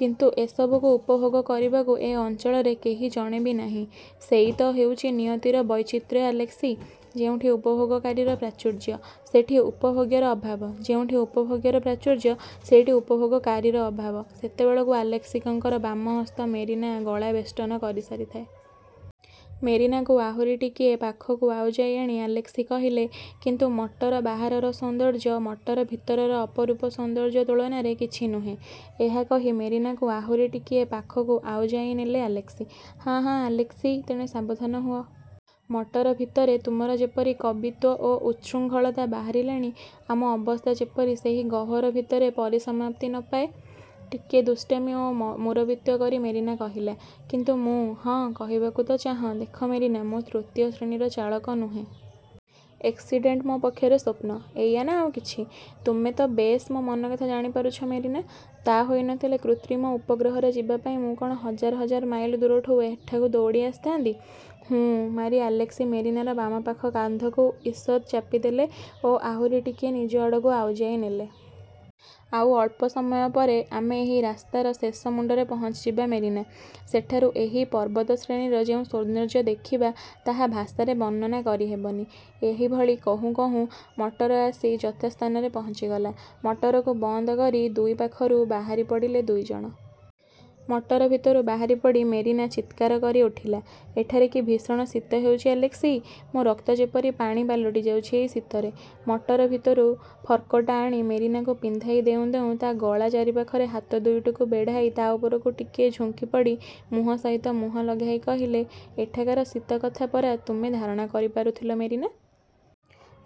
କିନ୍ତୁ ଏସବୁକୁ ଉପଭୋଗ କରିବାକୁ ଏ ଅଞ୍ଚଳରେ କେହି ଜଣେ ବି ନାହିଁ। '' ''ସେଇ ତ ହେଉଛି ନିୟତିର ବୈଚିତ୍ର୍ୟ ଆଲେସ୍କି! ଯେଉଁଠି ଉପଭୋଗକାରୀର ପ୍ରାଚୁର୍ଯ୍ୟ, ସେଠି ଉପଭୋଗ୍ୟର ଅଭାବ; ଯେଉଁଠି ଉପଭୋଗ୍ୟର ପ୍ରାଚୁର୍ଯ୍ୟ, ସେଇଠି ଉପଭୋଗକାରୀର ଅଭାବ। '' ସେତେବେଳକୁ ଆଲେସ୍କିଙ୍କର ବାମହସ୍ତ ମେରିନାର ଗଳା ବେଷ୍ଟନ କରିସାରିଥାଏ। ମେରିନାକୁ ଆହୁରି ଟିକିଏ ପାଖକୁ ଆଉଜାଇ ଆଣି ଆଲେସ୍କି କହିଲେ, ''କିନ୍ତୁ ମଟର ବାହାରର ସୌନ୍ଦର୍ଯ୍ୟ ମଟର ଭିତରର ଅପରୂପ ସୌନ୍ଦର୍ଯ୍ୟ ତୁଳନାରେ କିଛି ନୁହେଁ। '' ଏହା କହି ମେରିନାକୁ ଆହୁରି ଟିକିଏ ପାଖକୁ ଆଉଜାଇ ନେଲେ ଆଲେସ୍କି। ''ହାଁ ହାଁ,। ଆଲେସ୍କି! ତେଣେ ସାବଧାନ ହୁଅ। ମଟର ଭିତରେ ତୁମର ଯେପରି କବିତ୍ୱ ଓ ଉଚ୍ଛୃଙ୍ଖଳତା ବାହାରିଲାଣି, ଆମ ଅବସ୍ଥା ଯେପରି ସେହି ଗହ୍ୱର ଭିତରେ ପରିସମାପ୍ତି ନ ପାଏ-? '' ଟିକିଏ ଦୁଷ୍ଟାମି ଓ ମୁରବିତ୍ୱ କରି ମେରିନା କହିଲା। ''କିନ୍ତୁ, ମୁଁ। '' ''ହଁ, କହିବାକୁ ତ ଚାହଁ–ଦେଖ ମେରିନା, ମୁଁ ତୃତୀୟ ଶ୍ରେଣୀର ଚାଳକ ନୁହେଁ। ଏକ୍ସିଡ଼େଣ୍ଟ ମୋ ପକ୍ଷରେ ସ୍ୱପ୍ନ–ଏଇୟା ନା ଆଉ କିଛି? ''ତୁମେ ତ ବେଶ୍ ମୋ ମନକଥା ଜାଣିପାରୁଛ ମେରିନା! '' ''ତା ହୋଇ ନଥିଲେ କୃତ୍ରିମ ଉପଗ୍ରହରେ ଯିବାପାଇଁ ମୁଁ କଅଣ ହଜାର ହଜାର ମାଇଲ ଦୂରରୁ ଏଠାକୁ ଦୌଡ଼ି ଆସିଥାନ୍ତି। '' ''ହୁଁ'' ମାରି ଆଲେସ୍କି ମେରିନାର ବାମପାଖ କାନ୍ଧକୁ ଈଷତ୍ ଚାପିଦେଲେ ଓ ଆହୁରି ଟିକିଏ ନିଜ ଆଡ଼କୁ ଆଉଜାଇ ନେଲେ। ''ଆଉ ଅଳ୍ପ ସମୟପରେ ଆମେ ଏହି ରାସ୍ତାର ଶେଷ ମୁଣ୍ଡରେ ପହଞ୍ଚିଯିବା ମେରିନା! ସେଠାରୁ ଏହି ପର୍ବତଶ୍ରେଣୀର ଯେଉଁ ସୌନ୍ଦର୍ଯ୍ୟ ଦେଖିବା, ତାହା ଭାଷାରେ ବର୍ଣ୍ଣନା କରି ହେବନି। '' ଏହିଭଳି କହୁଁ କହୁଁ ମଟର ଆସି ଯଥାସ୍ଥାନରେ ପହଞ୍ଚିଗଲା। ମଟରକୁ ବନ୍ଦ କରି ଦୁଇ ପାଖରୁ ବାହାରି ପଡ଼ିଲେ ଦୁଇଜଣ। ମଟର ଭିତରୁ ବାହାରି ପଡ଼ି ମେରିନା ଚିତ୍କାର କରି ଉଠିଲା, ''ଏଠାରେ କି ଭୀଷଣ ଶୀତ ହେଉଛି ଆଲେସ୍କି! ମୋ ରକ୍ତ ଯେପରି ପାଣି ପାଲଟିଯାଉଛି ଏହି ଶୀତରେ। '' ମଟର ଭିତରୁ ଫର୍କୋଟ୍ଟା ଆଣି ମେରିନାକୁ ପିନ୍ଧାଇ ଦେଉଁ ଦେଉଁ ତା ଗଳା ଚାରି ପାଖରେ ହାତ ଦୁଇଟିକୁ ବେଢ଼ାଇ ତା ଉପରକୁ ଟିକିଏ ଝୁଙ୍କିପଡ଼ି ମୁହଁ ସହିତ ମୁହଁ ଲଗାଇ କହିଲେ, ''ଏଠାକାର ଶୀତ କଥା ପରା ତୁମେ ଧାରଣା କରି ପାରୁନଥିଲ ମେରିନା!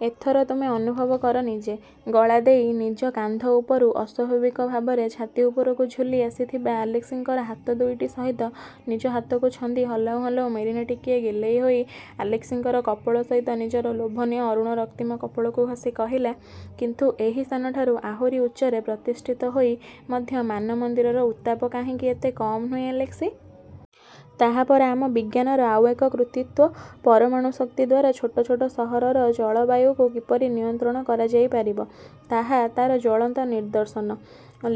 ଏଥର ତୁମେ ଅନୁଭବ କର ନିଜେ। '' ଗଳାଦେଇ ନିଜ କାନ୍ଧ ଉପରୁ ଅସ୍ୱାଭାବିକ ଭାବରେ ଛାତି ଉପରକୁ ଝୁଲି ଆସିଥିବା ଆଲେସ୍କିଙ୍କର ହାତ ଦୁଇଟି ସହିତ ନିଜ ହାତକୁ ଛନ୍ଦି ହଲାଉଁ ହଲାଉଁ ମେରିନା ଟିକିଏ ଗେହ୍ଲେଇହୋଇ ଆଲେସ୍କିଙ୍କର କପୋଳ ସହିତ ନିଜର ଲୋଭନୀୟ ଅରୁଣ ରକ୍ତିମ କପୋଳକୁ ଘଷି କହିଲା, ''କିନ୍ତୁ ଏହି ସ୍ଥାନଠାରୁ ଆହୁରି ଉଚ୍ଚରେ ପ୍ରତିଷ୍ଠିତ ହୋଇ ମଧ୍ୟ ମାନମନ୍ଦିରର ଉତ୍ତାପ କାହିଁକି ଏତେ କମ୍ ନୁହେଁ ଆଲେସ୍କି? '' ''ତାହା ପରା ଆମ ବିଜ୍ଞାନର ଆଉ ଏକ କୃତିତ୍ୱ। ପରମାଣୁଶକ୍ତି ଦ୍ୱାରା ଛୋଟ ଛୋଟ ସହରର ଜଳବାୟୁକୁ କିପରି ନିୟନ୍ତ୍ରଣ କରାଯାଇପାରିବ, ତାହା ତା'ର ଜ୍ୱଳନ୍ତ ନିଦର୍ଶନ।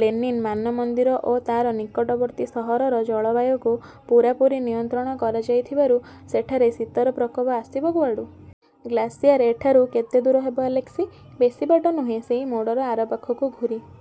ଲେନିନ୍ ମାନମନ୍ଦିର ଓ ତା'ର ନିକଟବର୍ତ୍ତୀ ସହରର ଜଳବାୟୁକୁ ପୂରାପୂରି ନିୟନ୍ତ୍ରଣ କରାଯାଇଥିବାରୁ ସେଠାରେ ଶୀତର ପ୍ରକୋପ ଆସିବ କୁଆଡ଼ୁ? '' ''ଗ୍ଳାସିୟାର୍ ଏଠାରୁ କେତେଦୂର ହେବ ଆଲେସ୍କି? ''ବେଶୀ ବାଟ ନୁହେଁ। ସେହି ମୋଡ଼ର ଆରପାଖକୁ ଘୂରି